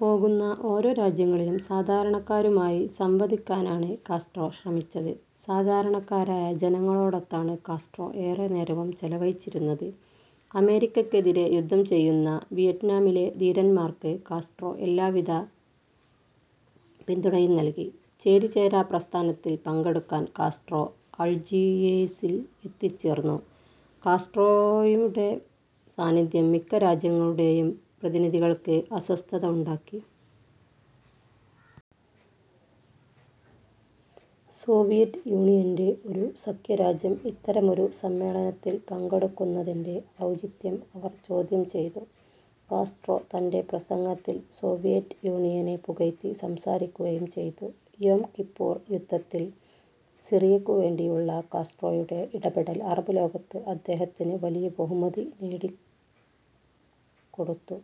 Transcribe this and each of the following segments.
പോകുന്ന ഓരോ രാജ്യങ്ങളിലും സാധാരണക്കാരുമായി സംവദിക്കാനാണ് കാസ്ട്രോ ശ്രമിച്ചത്. സാധാരണക്കാരായ ജനങ്ങളോടൊത്താണ് കാസ്ട്രോ ഏറെ നേരവും ചെലവഴിച്ചിരുന്നത്. അമേരിക്കക്കെതിരെ യുദ്ധം ചെയ്യുന്ന വിയറ്റ്നാമിലെ ധീരന്മാർക്ക് കാസ്ട്രോ എല്ലാ വിധ പിന്തുണയും നൽകി. ചേരിചേരാ പ്രസ്ഥാനത്തിൽ പങ്കെടുക്കാൻ കാസ്ട്രോ അൾജിയേഴ്സിൽ എത്തിച്ചേർന്നു. കാസ്ട്രോയുടെ സാന്നിധ്യം മിക്ക രാജ്യങ്ങളുടെയും പ്രതിനിധികൾക്ക് അസ്വസ്ഥത ഉണ്ടാക്കി. സോവിയറ്റ് യൂണിയൻ്റെ ഒരു സഖ്യരാജ്യം ഇത്തരമൊരു സമ്മേളനത്തിൽ പങ്കെടുക്കുന്നതിൻ്റെ ഔചിത്യം അവർ ചോദ്യം ചെയ്തു. കാസ്ട്രോ തൻ്റെ പ്രസംഗത്തിൽ സോവിയറ്റ് യൂണിയനെ പുകഴ്ത്തി സംസാരിക്കുകയും ചെയ്തു. യോം കിപ്പൂർ യുദ്ധത്തിൽ സിറിയക്കുവേണ്ടിയുള്ള കാസ്ട്രോയുടെ ഇടപെടൽ അറബ് ലോകത്ത് അദ്ദേഹത്തിന് വലിയ ബഹുമതി നേടിക്കൊടുത്തു.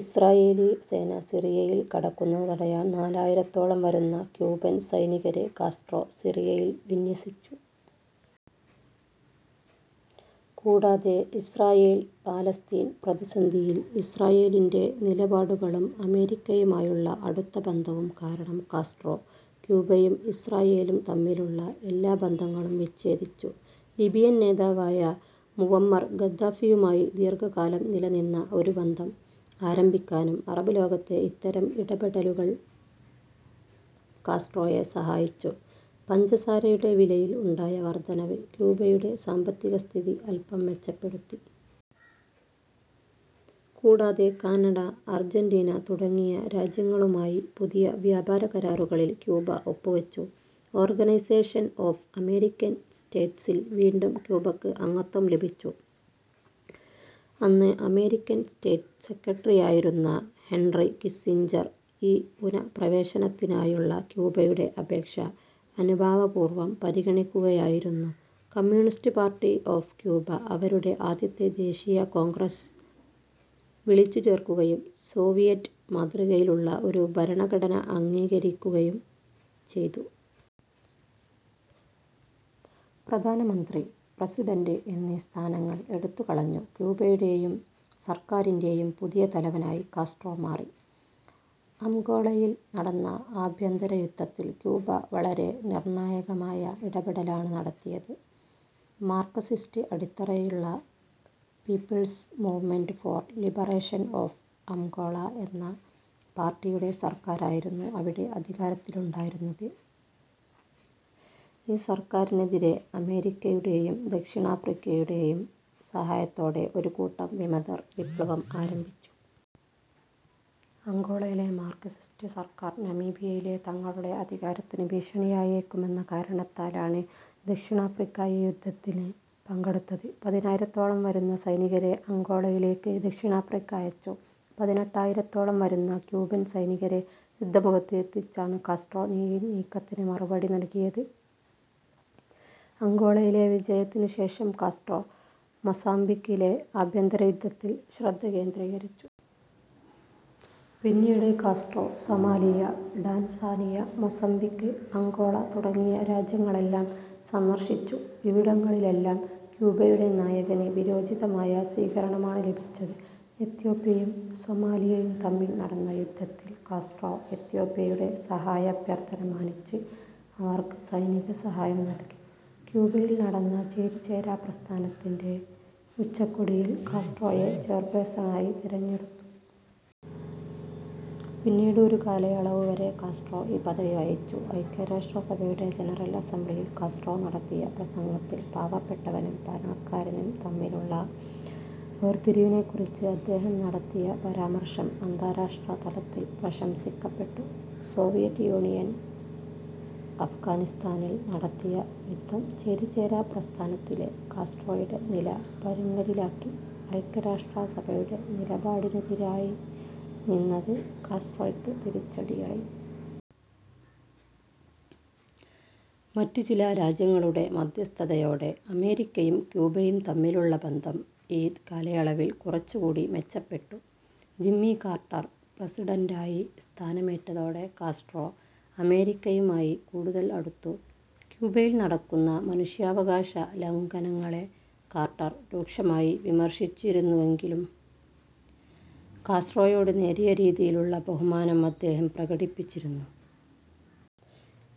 ഇസ്രായേലി സേന സിറിയയിൽ കടക്കുന്നത് തടയാൻ നാലായിരത്തോളം വരുന്ന ക്യൂബൻ സൈനികരെ കാസ്ട്രോ സിറിയയിൽ വിന്യസിച്ചു. കൂടാതെ ഇസ്രായേൽ പാലസ്തീൻ പ്രതിസന്ധിയിൽ ഇസ്രായേലിൻ്റെ നിലപാടുകളും അമേരിക്കയുമായുള്ള അടുത്ത ബന്ധവും കാരണം കാസ്ട്രോ ക്യൂബയും ഇസ്രായേലും തമ്മിലുള്ള എല്ലാ ബന്ധങ്ങളും വിച്ഛേദിച്ചു. ലിബിയൻ നേതാവായ മുവമ്മർ ഗദ്ദാഫിയുമായി ദീർഘകാലം നിലനിന്ന ഒരു ബന്ധം ആരംഭിക്കാനും അറബ് ലോകത്തെ ഇത്തരം ഇടപെടലുകൾ കാസ്ട്രോയെ സഹായിച്ചു. പഞ്ചസാരയുടെ വിലയിൽ ഉണ്ടായ വർധനവ് ക്യൂബയുടെ സാമ്പത്തിക സ്ഥിതി അൽപം മെച്ചപ്പെടുത്തി. കൂടാതെ കാനഡ, അർജന്റീന തുടങ്ങിയ രാജ്യങ്ങളുമായി പുതിയ വ്യാപാര കരാറുകളിൽ ക്യൂബ ഒപ്പുവെച്ചു. ഓർഗനൈസേഷൻ ഓഫ് അമേരിക്കൻ സ്റ്റേറ്റ്സിൽ വീണ്ടും ക്യൂബക്ക് അംഗത്വം ലഭിച്ചു. അന്ന് അമേരിക്കൻ സ്റ്റേറ്റ് സെക്രട്ടറിയായിരുന്ന ഹെൻറി കിസ്സിഞ്ചർ ഈ പുനഃപ്രവേശനത്തിനായുള്ള ക്യൂബയുടെ അപേക്ഷ അനുഭാവപൂർവം പരിഗണിക്കുകയായിരുന്നു. കമ്മ്യൂണിസ്റ്റ് പാർട്ടി ഓഫ് ക്യൂബ അവരുടെ ആദ്യത്തെ ദേശീയ കോൺഗ്രസ് വിളിച്ചുചേർക്കുകയും സോവിയറ്റ് മാതൃകയിലുള്ള ഒരു ഭരണഘടന അംഗീകരിക്കുകയും ചെയ്തു. പ്രധാനമന്ത്രി, പ്രസിഡൻ്റ് എന്നീ സ്ഥാനങ്ങൾ എടുത്തുകളഞ്ഞു. ക്യൂബയുടെയും സർക്കാരിൻ്റെയും പുതിയ തലവനായി കാസ്ട്രോ മാറി. അംഗോളയിൽ നടന്ന ആഭ്യന്തര യുദ്ധത്തിൽ ക്യൂബ വളരെ നിർണായകമായ ഇടപെടലാണ് നടത്തിയത്. മാർക്സിസ്റ്റ് അടിത്തറയുള്ള People's Movement for Liberation of Angola എന്ന പാർട്ടിയുടെ സർക്കാരായിരുന്നു അവിടെ അധികാരത്തിലുണ്ടായിരുന്നത്. ഈ സർക്കാരിനെതിരെ അമേരിക്കയുടെയും ദക്ഷിണാഫ്രിക്കയുടെയും സഹായത്തോടെ ഒരു കൂട്ടം വിമതർ വിപ്ലവം ആരംഭിച്ചു. അംഗോളയിലെ മാർക്സിസ്റ്റ് സർക്കാർ നമീബിയയിലെ തങ്ങളുടെ അധികാരത്തിന് ഭീഷണിയായേക്കുമെന്ന കാരണത്താലാണ് ദക്ഷിണാഫ്രിക്ക ഈ യുദ്ധത്തിൽ പങ്കെടുത്തത്. പതിനായിരത്തോളം വരുന്ന സൈനികരെ അംഗോളയിലേക്ക് ദക്ഷിണാഫ്രിക്ക അയച്ചു. പതിനെട്ടായിരത്തോളം വരുന്ന ക്യൂബൻ സൈനികരെ യുദ്ധമുഖത്ത് എത്തിച്ചാണ് കാസ്ട്രോ ഈ നീക്കത്തിന് മറുപടി നൽകിയത്. അംഗോളയിലെ വിജയത്തിനുശേഷം കാസ്ട്രോ മൊസാംബിക്കിലെ ആഭ്യന്തര യുദ്ധത്തിൽ ശ്രദ്ധ കേന്ദ്രീകരിച്ചു. പിന്നീട് Castro Somalia, Tanzania, Mozambique, Angola തുടങ്ങിയ രാജ്യങ്ങളെല്ലാം സന്ദർശിച്ചു. ഇവിടങ്ങളിലെല്ലാം ക്യൂബയുടെ നായകന് വീരോചിതമായ സ്വീകരണമാണ് ലഭിച്ചത്. എത്യോപ്യയും സൊമാലിയയും തമ്മിൽ നടന്ന യുദ്ധത്തിൽ കാസ്ട്രോ എത്യോപ്യയുടെ സഹായാഭ്യർത്ഥന മാനിച്ച് അവർക്ക് സൈനിക സഹായം നൽകി. ക്യൂബയിൽ നടന്ന ചേരിചേരാ പ്രസ്ഥാനത്തിന്റെ ഉച്ചകോടിയിൽ കാസ്ട്രോയെ ചെയർപേഴ്സണായി തിരഞ്ഞെടുത്തു. പിന്നീട് ഒരു കാലയളവുവരെ കാസ്ട്രോ ഈ പദവി വഹിച്ചു. ഐക്യരാഷ്ട്രസഭയുടെ ജനറൽ അസംബ്ലിയിൽ കാസ്ട്രോ നടത്തിയ പ്രസംഗത്തിൽ പാവപ്പെട്ടവനും പണക്കാരനും തമ്മിലുള്ള വേർതിരിവിനെക്കുറിച്ച് അദ്ദേഹം നടത്തിയ പരാമർശം അന്താരാഷ്ട്രതലത്തിൽ പ്രശംസിക്കപ്പെട്ടു. സോവിയറ്റ് യൂണിയൻ അഫ്ഗാനിസ്ഥാനിൽ നടത്തിയ യുദ്ധം ചേരിചേരാ പ്രസ്ഥാനത്തിലെ കാസ്ട്രോയുടെ നില പരുങ്ങലിലാക്കി. ഐക്യരാഷ്ട്രസഭയുടെ നിലപാടിനെതിരായി നിന്നത് കാസ്ട്രോയ്ക്ക് തിരിച്ചടിയായി. മറ്റ് ചില രാജ്യങ്ങളുടെ മധ്യസ്ഥതയോടെ അമേരിക്കയും ക്യൂബയും തമ്മിലുള്ള ബന്ധം ഈ കാലയളവിൽ കുറച്ചുകൂടി മെച്ചപ്പെട്ടു. ജിമ്മി കാർട്ടർ പ്രസിഡന്റായി സ്ഥാനമേറ്റതോടെ കാസ്ട്രോ അമേരിക്കയുമായി കൂടുതൽ അടുത്തു. ക്യൂബയിൽ നടക്കുന്ന മനുഷ്യാവകാശ ലംഘനങ്ങളെ കാർട്ടർ രൂക്ഷമായി വിമർശിച്ചിരുന്നുവെങ്കിലും കാസ്ട്രോയോട് നേരിയ രീതിയിലുള്ള ബഹുമാനം അദ്ദേഹം പ്രകടിപ്പിച്ചിരുന്നു.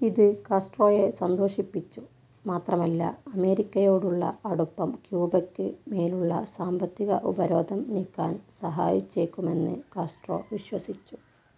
ഇത് കാസ്ട്രോയെ സന്തോഷിപ്പിച്ചു. മാത്രമല്ല അമേരിക്കയോടുള്ള അടുപ്പം ക്യൂബയ്ക്ക് മേലുള്ള സാമ്പത്തിക ഉപരോധം നീക്കാൻ സഹായിച്ചേക്കുമെന്ന് കാസ്ട്രോ വിശ്വസിച്ചു.